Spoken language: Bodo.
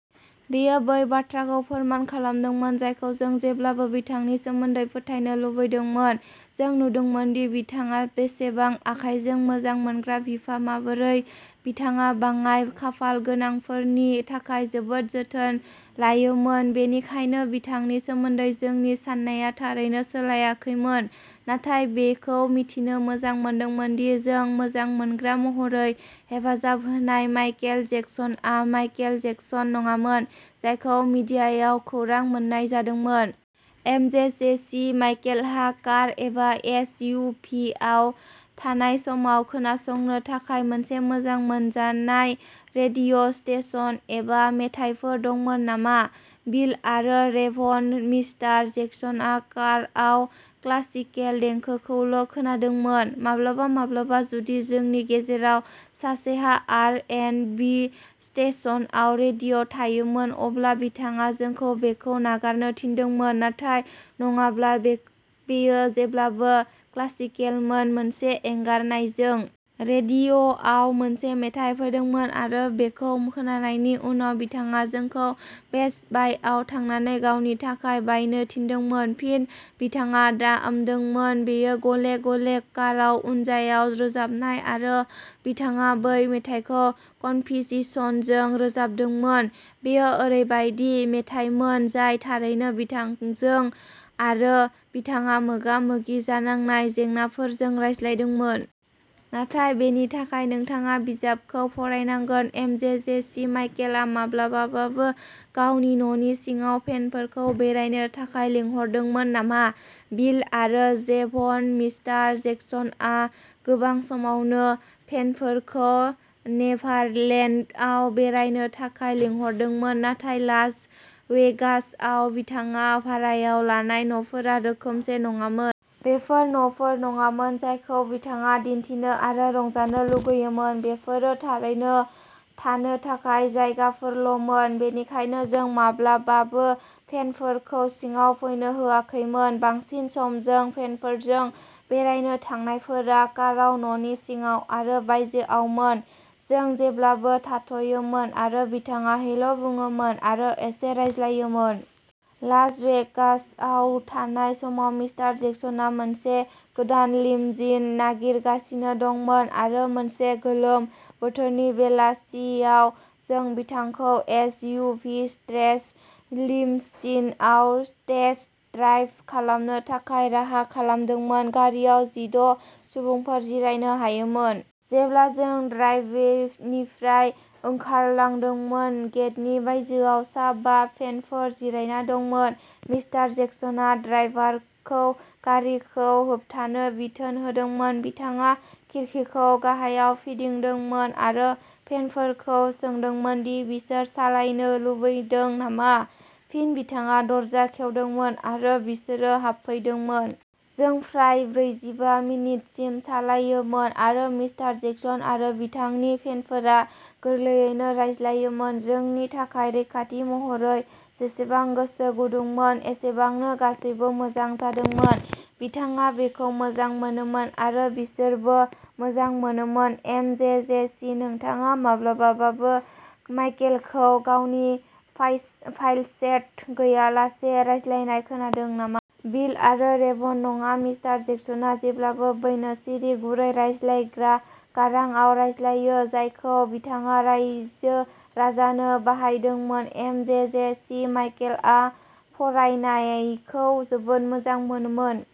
बेयो बै बाथ्राखौ फोरमान खालामदोंमोन जायखौ जों जेब्लाबो बिथांनि सोमोन्दै फोथायनो लुबैदोंमोन। जों नुदोंमोनदि बिथाङा बेसेबां आखाइजों मोजां मोनग्रा बिफा, माबोरै बिथाङा बाङाइ खाफाल गोनांफोरनि थाखाय जोबोद जोथोन लायोमोन। बेनिखायनो, बिथांनि सोमोन्दै जोंनि साननाया थारैनो सोलायाखैमोन, नाथाय बेखौ मिथिनो मोजां मोनदोंमोनदि जों मोजां मोनग्रा महरै हेफाजाब होनाय माइकेल जेक्सनआ माइकेल जेक्सन नङामोन जायखौ मिडियायाव खौरां मोन्नाय जादोंमोन। एमजेजेसी माइकेलहा कार एबा एस यु भिआव थानाय समाव खोनासंनो थाखाय मोनसे मोजां मोनजानाय रेडिअ' स्टेशन एबा मेथाइफोर दंमोन नामा? बिल आरो जेभन मिस्टार जेक्सनआ कारआव क्लासिकेल देंखोखौल' खोनादोंमोन। माब्लाबा-माब्लाबा, जुदि जोंनि गेजेराव सासेहा आर एन्ड बि स्टेशनआव रेडिअ' थायोमोन, अब्ला बिथाङा जोंखौ बेखौ नागारनो थिनदोंमोन, नाथाय नङाब्ला बेयो जेब्लाबो क्लासिकेलमोन मोनसे एंगारनायजों। रेडिअ'आव मोनसे मेथाइ फैदोंमोन आरो बेखौ खोनानायनि उनाव बिथाङा जोंखौ बेस्ट बायआव थांनानै गावनि थाखाय बायनो थिनदोंमोन। फिन बिथाङा दामदोंमोन। बेयो गले-गले काराव, उनजायाव रोजाबनाय आरो बिथाङा बै मेथाइखौ कनभिचिसनजों रोजाबदोंमोन। बेयो ओरैबायदि मेथाइमोन जाय थारैनो बिथांजों आरो बिथाङा मोगा-मोगि जानांनाय जेंनाफोरजों रायज्लायदोंमोन। नाथाय बेनि थाखाय नोंथाङा बिजाबखौ फरायनांगोन। एमजेजेसि माइकेलआ माब्लाबाबो गावनि न'नि सिङाव फेनफोरखौ बेरायनो थाखाय लिंहरदोंमोन नामा? बिल आरो जेभन मिस्टार जेक्सनआ गोबां समावनो फेनफोरखौ नेभारलेन्डआव बेरायनो थाखाय लिंहरदोंमोन, नाथाय लास वेगासआव बिथाङा भारायाव लानाय न'फोरा रोखोमसे नङामोन। बेफोर न'फोर नङामोन जायखौ बिथाङा दिन्थिनो आरो रंजानो लुगैयोमोन। बेफोरो थारैनो थानो थाखाय जायगाफोरल'मोन। बेनिखायनो जों माब्लाबाबो फेनफोरखौ सिङाव फैनो होआखैमोन। बांसिन सम जों फेनफोरजों बेरायनो थांनायफोरा काराव, न'नि सिङाव आरो बायजोआवमोन। जों जेब्लाबो थाथ'योमोन आरो बिथाङा हेल' बुङोमोन आरो एसे रायज्लायोमोन। लास वेगासआव थानाय समाव, मिस्टार जेक्सनआ मोनसे गोदान लिम'जिन नागिरगासिनो दंमोन, आरो मोनसे गोलोम बोथोरनि बेलासियाव जों बिथांखौ एस. यु. भि. स्ट्रेच लिम'सिनआव टेस्ट ड्राइभ खालामनो थाखाय राहा खालामदोंमोन। गारिआव जिद' सुबुंफोर जिरायनो हायोमोन। जेब्ला जों ड्राइभवेनिफ्राय ओंखारलांदोंमोन, गेटनि बायजोआव सा बा फेनफोर जिरायना दंमोन। मिस्टार जेक्सनआ ड्राइभारखौ गारिखौ होबथानो बिथोन होदोंमोन, बिथाङा खिरखिखौ गाहायाव फिदिंदोंमोन आरो फेनफोरखौ सोंदोंमोन दि बिसोर सालायनो लुबैदों नामा। फिन बिथाङा दरजा खेवदोंमोन आरो बिसोरो हाबफैदोंमोन। जों फ्राय ब्रैजिबा मिनिटसिम सालायोमोन आरो मिस्टार जेक्सन आरो बिथांनि फेनफोरा गोरलैयैनो रायज्लायोमोन। जोंनि थाखाय रैखाथि महरै जेसेबां गोसो गुदुंमोन एसेबांनो, गासैबो मोजां जादोंमोन। बिथाङा बेखौ मोजां मोनोमोन आरो बिसोरबो मोजां मोनोमोन। एम जे जे सि नोंथाङा माब्लाबाबो माइकेलखौ गावनि फाल्सेट्ट' गैयालासे रायज्लायनाय खोनादों नामा? बिल आरो जेभन नङा। मिस्टार जेक्सनआ जेब्लाबो बैनो सिरि, गुरै रायज्लायग्रा गारांआव रायज्लायो जायखौ बिथाङा रायजो-राजानो बाहायदोंमोन। एम जे जे सि माइकेलआ फरायनायखौ जोबोद मोजां मोनोमोन।